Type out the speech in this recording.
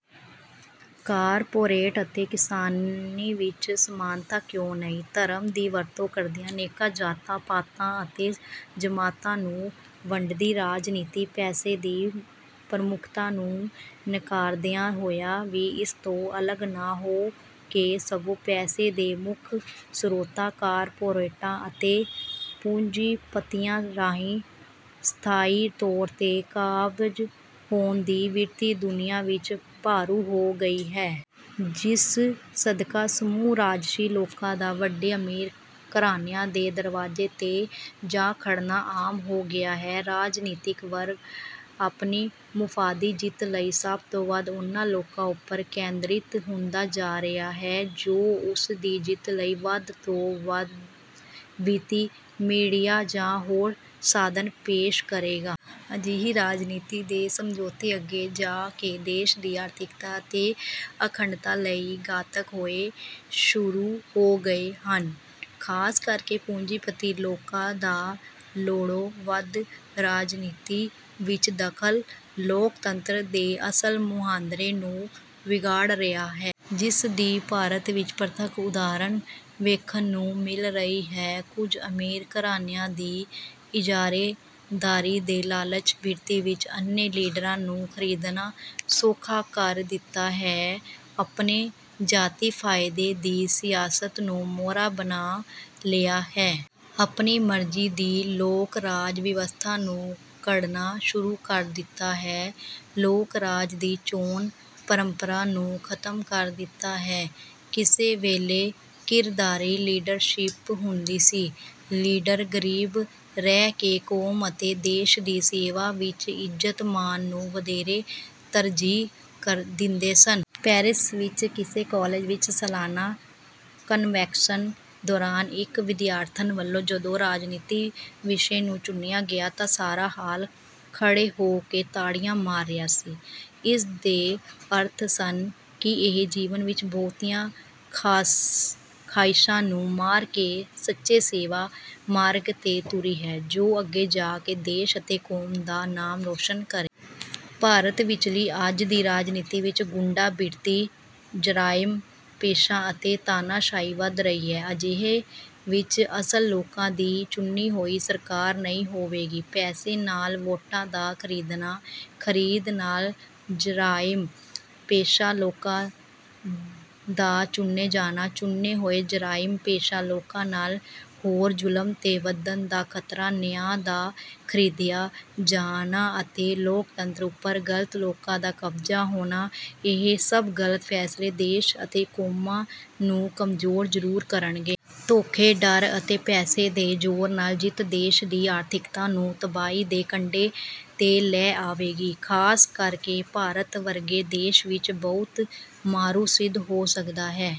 Corporate ਅਤੇ ਕਿਸਾਨੀ ਵਿੱਚ ਸਮਾਨਤਾ ਕਿਉਂ ਨਹੀਂ? ਧਰਮ ਦੀ ਵਰਤੋਂ ਕਰਦਿਆਂ ਅਨੇਕਾਂ ਜਾਤਾਂ, ਪਾਤਾਂ ਅਤੇ ਜ਼ਮਾਤਾਂ ਨੂੰ ਵੰਡਦੀ ਰਾਜਨੀਤੀ, ਪੈਸੇ ਦੀ ਪ੍ਰਮੁੱਖਤਾ ਨੂੰ ਨਿਕਾਰਦਿਆਂ ਹੋਇਆਂ ਵੀ ਇਸ ਤੋਂ ਅਲੱਗ ਨਾ ਹੋ ਕੇ ਸਗੋਂ ਪੈਸੇ ਦੇ ਮੁੱਖ ਸਰੋਤਾਂ, ਕਾਰਪੋਰੇਟਾਂ ਅਤੇ ਪੂੰਜੀਪਤੀਆਂ ਰਾਹੀਂ ਸਥਾਈ ਤੌਰ 'ਤੇ ਕਾਬਜ਼ ਹੋਣ ਦੀ ਬਿਰਤੀ ਦੁਨੀਆ ਵਿੱਚ ਭਾਰੂ ਹੋ ਗਈ ਹੈ। ਜਿਸ ਸਦਕਾ ਸਮੂਹ ਰਾਜਸੀ ਲੋਕਾਂ ਦਾ ਵੱਡੇ ਅਮੀਰ ਘਰਾਣਿਆਂ ਦੇ ਦਰਵਾਜ਼ੇ 'ਤੇ ਜਾ ਖੜ੍ਹਨਾ ਆਮ ਹੋ ਗਿਆ ਹੈ। ਰਾਜਨੀਤਿਕ ਵਰਗ ਆਪਣੀ ਮੁਫ਼ਾਦੀ ਜਿੱਤ ਲਈ ਸਭ ਤੋਂ ਵੱਧ ਉਹਨਾਂ ਲੋਕਾਂ ਉੱਪਰ ਕੇਂਦਰਿਤ ਹੁੰਦਾ ਜਾ ਰਿਹਾ ਹੈ, ਜੋ ਉਸ ਦੀ ਜਿੱਤ ਲਈ ਵੱਧ ਤੋਂ ਵੱਧ ਵਿੱਤੀ, ਮੀਡੀਆ ਜਾਂ ਹੋਰ ਸਾਧਨ ਪੇਸ਼ ਕਰੇਗਾ। ਅਜਿਹੀ ਰਾਜਨੀਤੀ ਦੇ ਸਮਝੌਤੇ ਅੱਗੇ ਜਾ ਕੇ ਦੇਸ਼ ਦੀ ਆਰਥਿਕਤਾ ਅਤੇ ਅਖੰਡਤਾ ਲਈ ਘਾਤਕ ਹੋਣੇ ਸ਼ੁਰੂ ਹੋ ਗਏ ਹਨ। ਖ਼ਾਸ ਕਰਕੇ ਪੂੰਜੀਪਤੀ ਲੋਕਾਂ ਦਾ ਲੋੜੋਂ ਵੱਧ ਰਾਜਨੀਤੀ ਵਿੱਚ ਦਖ਼ਲ ਲੋਕਤੰਤਰ ਦੇ ਅਸਲ ਮੁਹਾਂਦਰੇ ਨੂੰ ਵਿਗਾੜ ਰਿਹਾ ਹੈ। ਜਿਸ ਦੀ ਭਾਰਤ ਵਿੱਚ ਪ੍ਰਤੱਖ ਉਦਾਹਰਨ ਵੇਖਣ ਨੂੰ ਮਿਲ ਰਹੀ ਹੈ। ਕੁਝ ਅਮੀਰ ਘਰਾਣਿਆਂ ਦੀ ਇਜਾਰੇਦਾਰੀ ਨੇ ਲਾਲਚੀ ਬਿਰਤੀ ਵਿੱਚ ਅੰਨ੍ਹੇ ਲੀਡਰਾਂ ਨੂੰ ਖਰੀਦਣਾ ਸੌਖਾ ਕਰ ਦਿੱਤਾ ਹੈ। ਆਪਣੇ ਜਾਤੀ ਫ਼ਾਇਦੇ ਦੀ ਸਿਆਸਤ ਨੂੰ ਮੋਹਰਾ ਬਣਾ ਲਿਆ ਹੈ। ਆਪਣੀ ਮਰਜ਼ੀ ਦੀ ਲੋਕਰਾਜ ਵਿਵਸਥਾ ਨੂੰ ਘੜਨਾ ਸ਼ੁਰੂ ਕਰ ਦਿੱਤਾ ਹੈ। ਲੋਕ-ਰਾਜ ਦੀ ਚੋਣ ਪ੍ਰੰਪਰਾ ਨੂੰ ਖ਼ਤਮ ਕਰ ਦਿੱਤਾ ਹੈ। ਕਿਸੇ ਵੇਲੇ ਕਿਰਦਾਰੀ ਲੀਡਰਸ਼ਿਪ ਹੁੰਦੀ ਸੀ। ਲੀਡਰ ਗਰੀਬ ਰਹਿ ਕੇ ਕੌਮ ਅਤੇ ਦੇਸ਼ ਦੀ ਸੇਵਾ ਵਿੱਚ ਇੱਜ਼ਤ-ਮਾਣ ਨੂੰ ਵਧੇਰੇ ਤਰਜੀਹ ਦਿੰਦੇ ਸਨ। ਪੈਰਿਸ ਵਿੱਚ ਕਿਸੇ ਕਾਲਜ ਵਿੱਚ ਸਾਲਾਨਾ ਕਨਵੋਕੇਸ਼ਨ ਦੌਰਾਨ ਇੱਕ ਵਿਦਿਆਰਥਣ ਵੱਲੋਂ ਜਦੋਂ ਰਾਜਨੀਤੀ ਵਿਸ਼ੇ ਨੂੰ ਚੁਣਿਆ ਗਿਆ ਤਾਂ ਸਾਰਾ ਹਾਲ ਖੜ੍ਹੇ ਹੋ ਕੇ ਤਾੜੀਆਂ ਮਾਰ ਰਿਹਾ ਸੀ। ਇਸ ਦੇ ਅਰਥ ਸਨ ਕਿ ਇਹ ਜੀਵਨ ਵਿੱਚ ਬਹੁਤੀਆਂ ਖ਼ਾਹਿਸ਼ਾਂ ਨੂੰ ਮਾਰ ਕੇ ਸੱਚੇ ਸੇਵਾ ਮਾਰਗ 'ਤੇ ਤੁਰੀ ਹੈ, ਜੋ ਅੱਗੇ ਜਾ ਕੇ ਦੇਸ਼ ਅਤੇ ਕੌਮ ਦਾ ਨਾਮ ਰੌਸ਼ਨ ਕਰੇਗੀ। ਭਾਰਤ ਵਿਚਲੀ ਅੱਜ ਦੀ ਰਾਜਨੀਤੀ ਵਿੱਚ ਗੁੰਡਾ ਬਿਰਤੀ, ਜ਼ਰਾਇਮ-ਪੇਸ਼ਾ ਅਤੇ ਤਾਨਾਸ਼ਾਹੀ ਵੱਧ ਰਹੀ ਹੈ। ਅਜਿਹੇ ਵਿੱਚ ਅਸਲ ਲੋਕਾਂ ਦੀ ਚੁਣੀ ਹੋਈ ਸਰਕਾਰ ਨਹੀਂ ਹੋਵੇਗੀ। ਪੈਸੇ ਨਾਲ ਵੋਟਾਂ ਦਾ ਖਰੀਦਣਾ, ਖਰੀਦ ਨਾਲ ਜ਼ਰਾਇਮ-ਪੇਸ਼ਾ ਲੋਕਾਂ ਦਾ ਚੁਣੇ ਜਾਣਾ, ਚੁਣੇ ਹੋਏ ਜ਼ਰਾਇਮ-ਪੇਸ਼ਾ ਲੋਕਾਂ ਨਾਲ ਹੋਰ ਜ਼ੁਲਮ ਦੇ ਵੱਧਣ ਦਾ ਖ਼ਤਰਾ, ਨਿਆਂ ਦਾ ਖਰੀਦਿਆ ਜਾਣਾ ਅਤੇ ਲੋਕਤੰਤਰ ਉੱਪਰ ਗਲਤ ਲੋਕਾਂ ਦਾ ਕਾਬਜ਼ ਹੋਣਾ, ਇਹ ਸਭ ਗਲਤ ਫ਼ੈਸਲੇ ਦੇਸ਼ ਅਤੇ ਕੌਮਾਂ ਨੂੰ ਕਮਜ਼ੋਰ ਜ਼ਰੂਰ ਕਰਨਗੇ। ਧੋਖੇ, ਡਰ ਅਤੇ ਪੈਸੇ ਦੇ ਜ਼ੋਰ ਨਾਲ ਜਿੱਤ ਦੇਸ਼ ਦੀ ਆਰਥਿਕਤਾ ਨੂੰ ਤਬਾਹੀ ਦੇ ਕੰਢੇ 'ਤੇ ਲੈ ਆਵੇਗੀ। ਖ਼ਾਸ ਕਰਕੇ ਭਾਰਤ ਵਰਗੇ ਦੇਸ਼ ਵਿੱਚ ਇਹ ਬਹੁਤ ਮਾਰੂ ਸਿੱਧ ਹੋ ਸਕਦਾ ਹੈ।